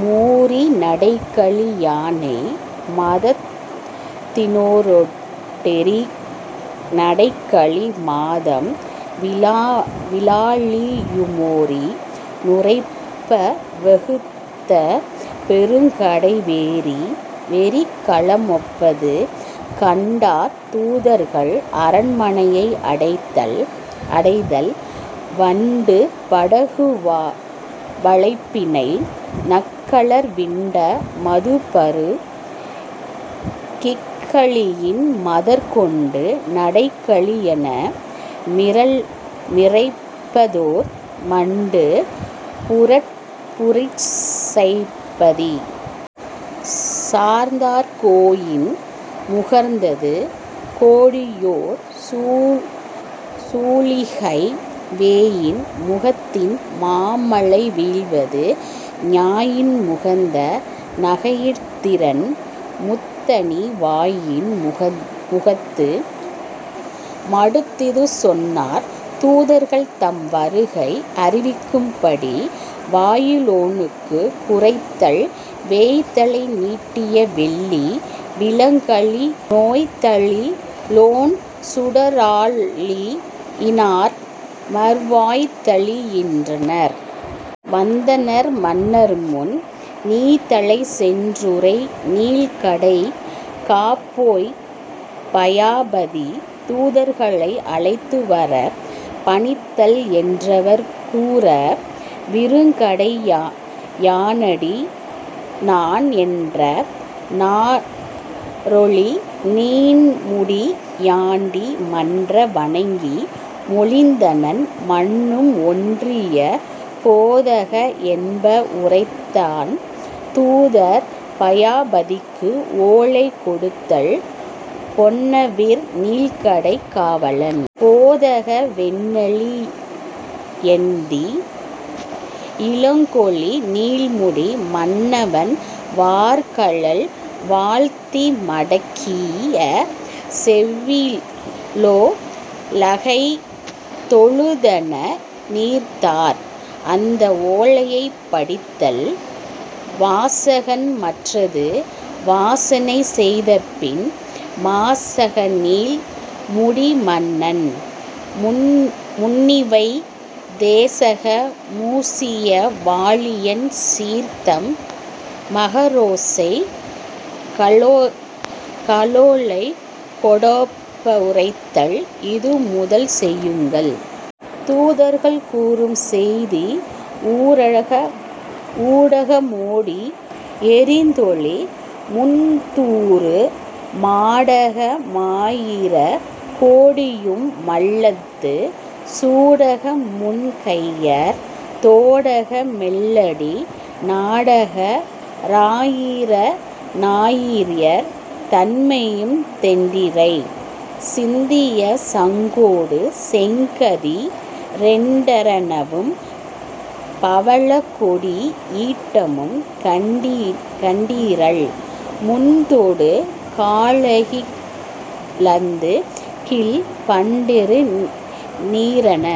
மூரிநடைக்களி யானை மதத்தினொ டேரி னடைக்கலி மாதம் விலாழியு மோரி நுரைப்ப வுகுத்த பெருங்கடை வேரி வெறிக்கள மொப்பது கண்டார் தூதர்கள் அரண்மனையை அடைதல் வண்டு படக்குவ ளைப்பிணை நக்கலர் விண்ட மதுப்பரு கிக்களி யின்மதர் கொண்டு நடைக்களி யன்ன மிரைப்பதொர் மண்டு புனற்புரி சைப்பதி சார்ந்தார் கோயின் முகத்தது கோடுயர் சூளிகை வேயின் முகத்ததின் மாமழை வீழ்வது ஞாயின் முகத்த நகைத்திரண் முத்தணி வாயின் முகத்து மடுத்திது சொன்னார் தூதர்கள் தம் வருகை அறிவிக்கும்படி வாயிலோனுக் குரைத்தல் வேய்தலை நீடிய வெள்ளி விலங்கலி னோய்தலி லொண்சுட ராழியி னான்றமர் வாய்தலி னின்றனர் வந்தென மன்னன்முன் நீதலை சென்றுரை நீள்கடை காப்போய் பயாபதி தூதர்களை அழைத்துவரப் பணித்தல் என்றவர் கூற விருங்கடை யானடி னான்றென நாறொளி நீண்முடி யானடி மன்ற வணங்கி மொழிந்தனன் மன்னனும் ஒன்றிய போதக என்ப துரைத்தான் தூதர் பயாபதிக்கு ஓலை கொடுத்தல் பொன்னவிர் நீள்கடை காவலன் போதக வென்னலி னெய்தி யிலங்கொளி நீண்முடி மன்னவன் வார்கழல் வாழ்த்திமடக்கிய சொன்னவி லோலைகை தொழுதன ரீந்தார் அந்த ஓலையைப் படித்தல் வாசகன் மற்றது வாசினை செய்தபின் மாசக னீள்முடி மன்னவன் முன்னிவை தேசக மூசிய வாழியன் சீர்த்தம ரோசைக ளோலை கொடொப்ப வுரைத்தர் இதுமுதல் செய்யுள்கள் தூதர்கள் கூறும் செய்தி ஊடக மோடி யெரிந்தொளி முந்தூறு மாடக மாயிர கோடியு மல்லது சூடக முன்கையர் தோடக மெல்லடி நாடக ராயிர நாரியர் தம்மையும் தெண்டிரை சிந்திய சங்கொடு செங்கதி ரெண்டர னம்பவ ழக்கொடி யீட்டமும் கண்டிரள் முத்தொடு காழகி லந்துகில் பண்டரு நீரன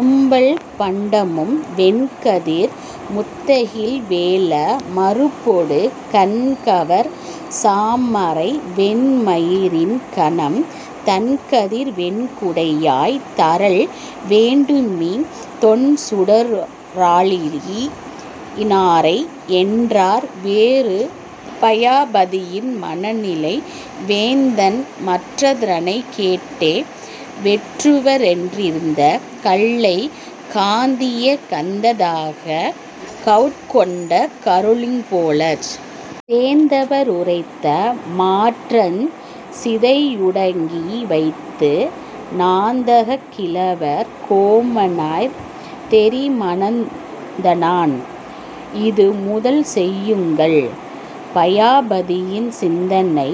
வும்பல் பண்டமும் வெண்கதிர் முத்தகில் வேழ மருப்பொடு கண்கவர் சாமரை வெண்மயி ரின்கணம் தண்கதிர் வெண்குடை யாய்தரல் வேண்டுமி தொண்சுட ராழியி னானுரை யென்றார் வேறு பயாபதியின் மனநிலை வேந்தன்மற் றதனைக் கேட்டே வெற்றுவ னெறிந்த கல்லைக் காந்திய கந்த தாகக் கவுட்கொண்ட களிரு போலச் சேந்தவ ருரைத்த மாற்றஞ் சிந்தையு ளடக்கி வைத்து நாந்தகக் கிழவர் கோமா னயந்தெரி மனத்த னானான் இதுமுதல் செய்யுள்கள் பயாபதியின் சிந்தனை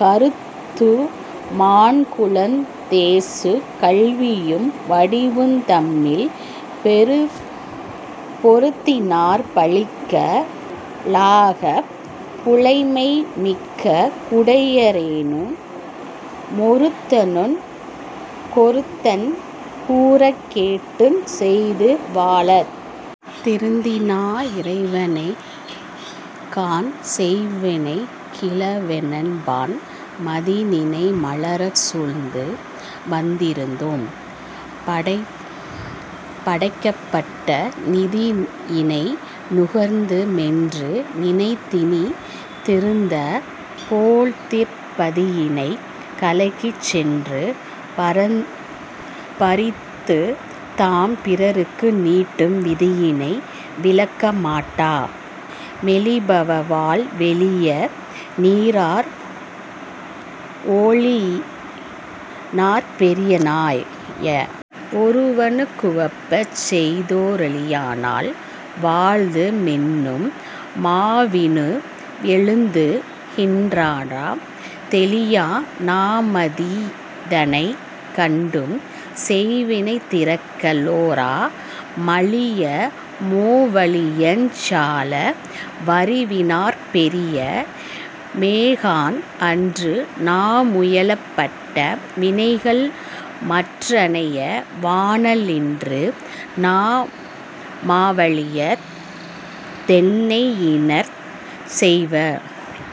கருத்துமாண் குலனுந் தேசுங் கல்வியும் வடிவுந் தம்மில் பொருத்தினாற் பழிக்க லாகாப் புலைமைமிக் குடைய ரேனு மொருத்தனுக் கொருத்தன் கூறக்கேட்டுற்றுச் செய்து வாழத் திருத்தினா னிறைவ னேகாண் செய்வினைக் கிழவ னென்பான் மதியினை மலரச் சூழ்ந்து வருந்தித்தாம் படைக்கப் பட்ட நிதியினை நுகர்ந்து மென்று நினைத்தினி திருந்த போழ்திற் பதியினைக் கலக்கிச் சென்று பறித்துத்தாம் பிறர்க்கு நீட்டும் விதியினை விலக்க மாட்டா மெலிபவால் வெளிய நீரார் ஓளியினாற் பெரிய னாய வொருவனுக் குவப்பச் செய்தோ ரளியினால் வாழ்து மென்னும் மவாவினு ளழுந்து கின்றாம் தெளியநா மிதனைக் கண்டும் செய்வினைத் திறங்க ளோரா மளிய மோ வளியஞ் சால வறிவினாற் பெரிய மேகாண் அன்றுநா முயலப் பட்ட வினைகள்மற் றனைய வானா லின்று நா மவலித் தென்னை யினிச்செய்வ